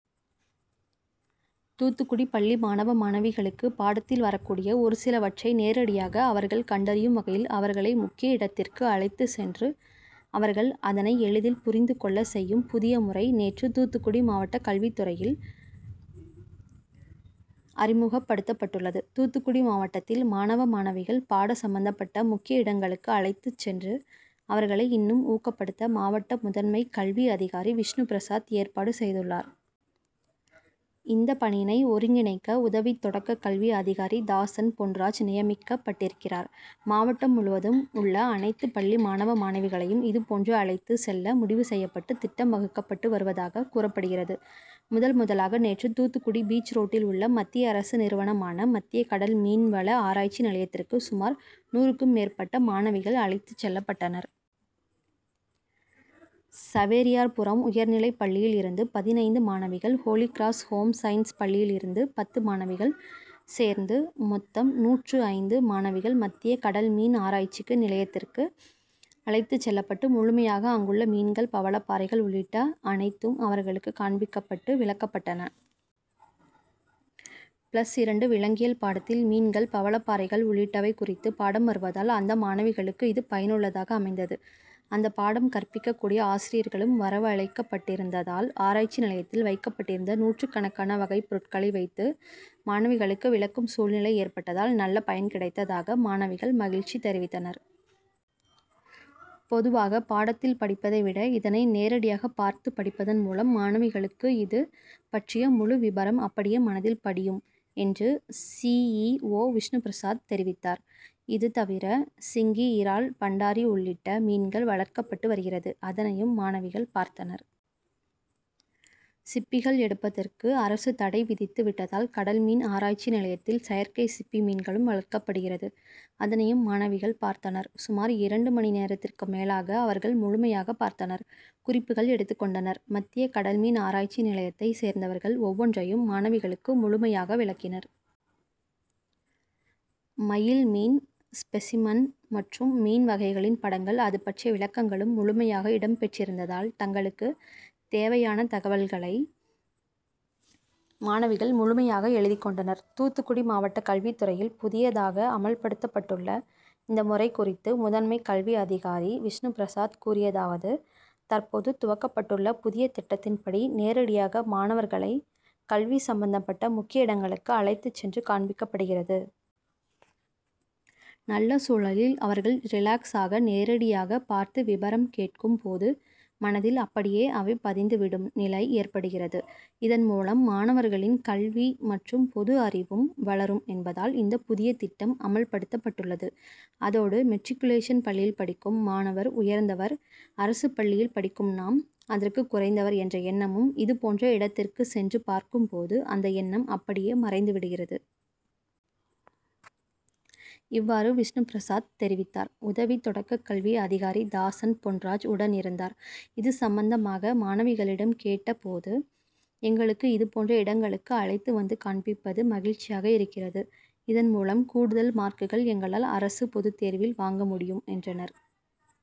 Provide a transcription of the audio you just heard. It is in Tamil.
தூத்துக்குடி பள்ளி மாணவ, மாணவிகளுக்கு பாடத்தில் வரக் கூடிய ஒரு சிலவற்றை நேரடியாக அவர்கள் கண்டறியும் வகையில் அவர்களை முக்கிய இடத்திற்கு அழைத்து சென்று அவர்கள் அதனை எளிதில் புரிந்து கொள்ள செய்யும் புதிய முறை நேற்று தூத்துக்குடி மாவட்ட கல்வித்துறையில் அறிமுகப்படுத்தப்பட்டுள்ளது. தூத்துக்குடி மாவட்டத்தில் மாணவ, மாணவிகள் பாட சம்பந்தபட்ட முக்கிய இடங்களுக்கு அழைத்து சென்று அவர்களை இன்னும் ஊக்கப்படுத்த மாவட்ட முதன்மை கல்வி அதிகாரி விஷ்ணுபிரசாத் ஏற்பாடு செய்துள்ளார். இந்த பணியினை ஒருங்கிணைக்க உதவி தொடக்க கல்வி அதிகாரி தாசன் பொன்ராஜ் நியமிக்கப்பட்டிருக்கிறார். மாவட்டம் முழுவதும் உள்ள அனைத்து பள்ளி மாணவ, மாணவிகளையும் இது போன்று அழைத்து செல்ல முடிவு செய்யப்பட்டு திட்டம் வகுக்கப்பட்டு வருவதாக கூறப்படுகிறது. முதல், முதலாக நேற்று தூத்துக்குடி பீச் ரோட்டில் உள்ள மத்திய அரசு நிறுவனமான மத்திய கடல் மீன்வள ஆராய்ச்சி நிலையத்திற்கு சுமார் நூறுக்கும் மேற்பட்ட மாணவிகள் அழைத்து செல்லப்பட்டனர். சவேரியார்புரம் உயர்நிலைப் பள்ளியில் இருந்து பதினைந்து மாணவிகள், ஹோலிகிராஸ் ஹோம் சயின்ஸ் பள்ளியில் இருந்து பத்து மாணவிகள் சேர்த்து மொத்தம் நூற்று ஐந்து மாணவிகள் மத்திய கடல் மீன் ஆராய்ச்சிக்கு நிலையத்திற்கு அழைத்து செல்லப்பட்டு முழுமையாக அங்குள்ள மீன்கள், பவளப்பாறைகள் உள்ளிட்ட அனைத்தும் அவர்களுக்கு காண்பிக்கப்பட்டு விளக்கப்பட்டன. பிளஸ் இரண்டு விலங்கியல் பாடத்தில் மீன்கள், பவளப்பாறைகள் உள்ளிட்டவை குறித்து பாடம் வருவதால் அந்த மாணவிகளுக்கு இது பயனுள்ளதாக அமைந்தது. அந்த பாடம் கற்பிக்க கூடிய ஆசிரியர்களும் வரவழைக்கப்பட்டிருந்ததால் ஆராய்ச்சி நிலையத்தில் வைக்கப்பட்டிருந்த நூற்றுக்கணக்கான வகை பொருட்களை வைத்து மாணவிகளுக்கு விளக்கும் சூழ்நிலை ஏற்பட்டதால் நல்ல பயன் கிடைத்ததாக மாணவிகள் மகிழ்ச்சி தெரிவித்தனர். பொதுவாக பாடத்தில் படிப்பதை விட இதனை நேரடியாக பார்த்து படிப்பதன் மூலம் மாணவிகளுக்கு இது பற்றிய முழு விபரம் அப்படியே மனதில் படியும் என்று சி. இ. ஓ விஷ்ணுபிரசாத் தெரிவித்தார். இது தவிர சிங்கி இரால், பண்டாரி உள்ளிட்ட மீன்கள் வளர்க்கப்பட்டு வருகிறது. அதனையும் மாணவிகள் பார்த்தனர். சிப்பிகள் எடுப்பதற்கு அரசு தடை விதித்து விட்டதால் கடல் மீன் ஆராய்ச்சி நிலையத்தில் செயற்கை சிப்பி மீன்களும் வளர்க்கப்படுகிறது. அதனையும் மாணவிகள் பார்த்தனர். சுமார் இரண்டு மணி நேரத்திற்கு மேலாக அவர்கள் முழுமையாக பார்த்தனர். குறிப்புகள் எடுத்து கொண்டனர். மத்திய கடல்மீன் ஆராய்ச்சி நிலையத்தை சேர்ந்தவர்கள் ஒவ்வொன்றையும் மாணவிகளுக்கு முழுமையாக விளக்கினர். மயில் மீன் ஸ்பெசிமன் மற்றும் மீன் வகைகளின் படங்கள், அது பற்றிய விளக்கங்களும் முழுமையாக இடம் பெற்றிருந்ததால் தங்களுக்கு தேவையான தகவல்களை மாணவிகள் முழுமையாக எழுதிக் கொண்டனர். தூத்துக்குடி மாவட்ட கல்வித்துறையில் புதியதாக அமல்படுத்தப்பட்டுள்ள இந்த முறை குறித்து முதன்மை கல்வி அதிகாரி விஷ்ணுபிரசாத் கூறியதாவது தற்போது துவக்கப்பட்டுள்ள புதிய திட்டத்தின்படி நேரடியாக மாணவர்களை கல்வி சம்பந்தப்பட்ட முக்கிய இடங்களுக்கு அழைத்து சென்று காண்பிக்கப்படுகிறது. நல்ல சூழலில் அவர்கள் ரிலாக்ஸ் ஆக நேரடியாக பார்த்து விபரம் கேட்கும் போது மனதில் அப்படியே அவை பதிந்து விடும் நிலை ஏற்படுகிறது. இதன் மூலம் மாணவர்களின் கல்வி மற்றும் பொது அறிவும் வளரும் என்பதால் இந்த புதிய திட்டம் அமல்படுத்தப்பட்டுள்ளது. அதோடு மெட்ரிக்குலேஷன் பள்ளியில் படிக்கும் மாணவர் உயர்ந்தவர், அரசு பள்ளியில் படிக்கும் நாம் அதற்கு குறைந்தவர் என்ற எண்ணமும் இதுபோன்ற இடத்திற்கு சென்று பார்க்கும் போது அந்த எண்ணம் அப்படியே மறைந்து விடுகிறது. இவ்வாறு விஷ்ணுபிரசாத் தெரிவித்தார். உதவி தொடக்க கல்வி அதிகாரி தாசன் பொன்ராஜ் உடனிருந்தார். இது சம்பந்தமாக மாணவிகளிடம் கேட்ட போது, எங்களுக்கு இது போன்ற இடங்களுக்கு அழைத்து வந்து காண்பிப்பது மகிழ்ச்சியாக இருக்கிறது. இதன் மூலம் கூடுதல் மார்க்குகள் எங்களால் அரசு பொது தேர்வில் வாங்க முடியும் என்றனர்.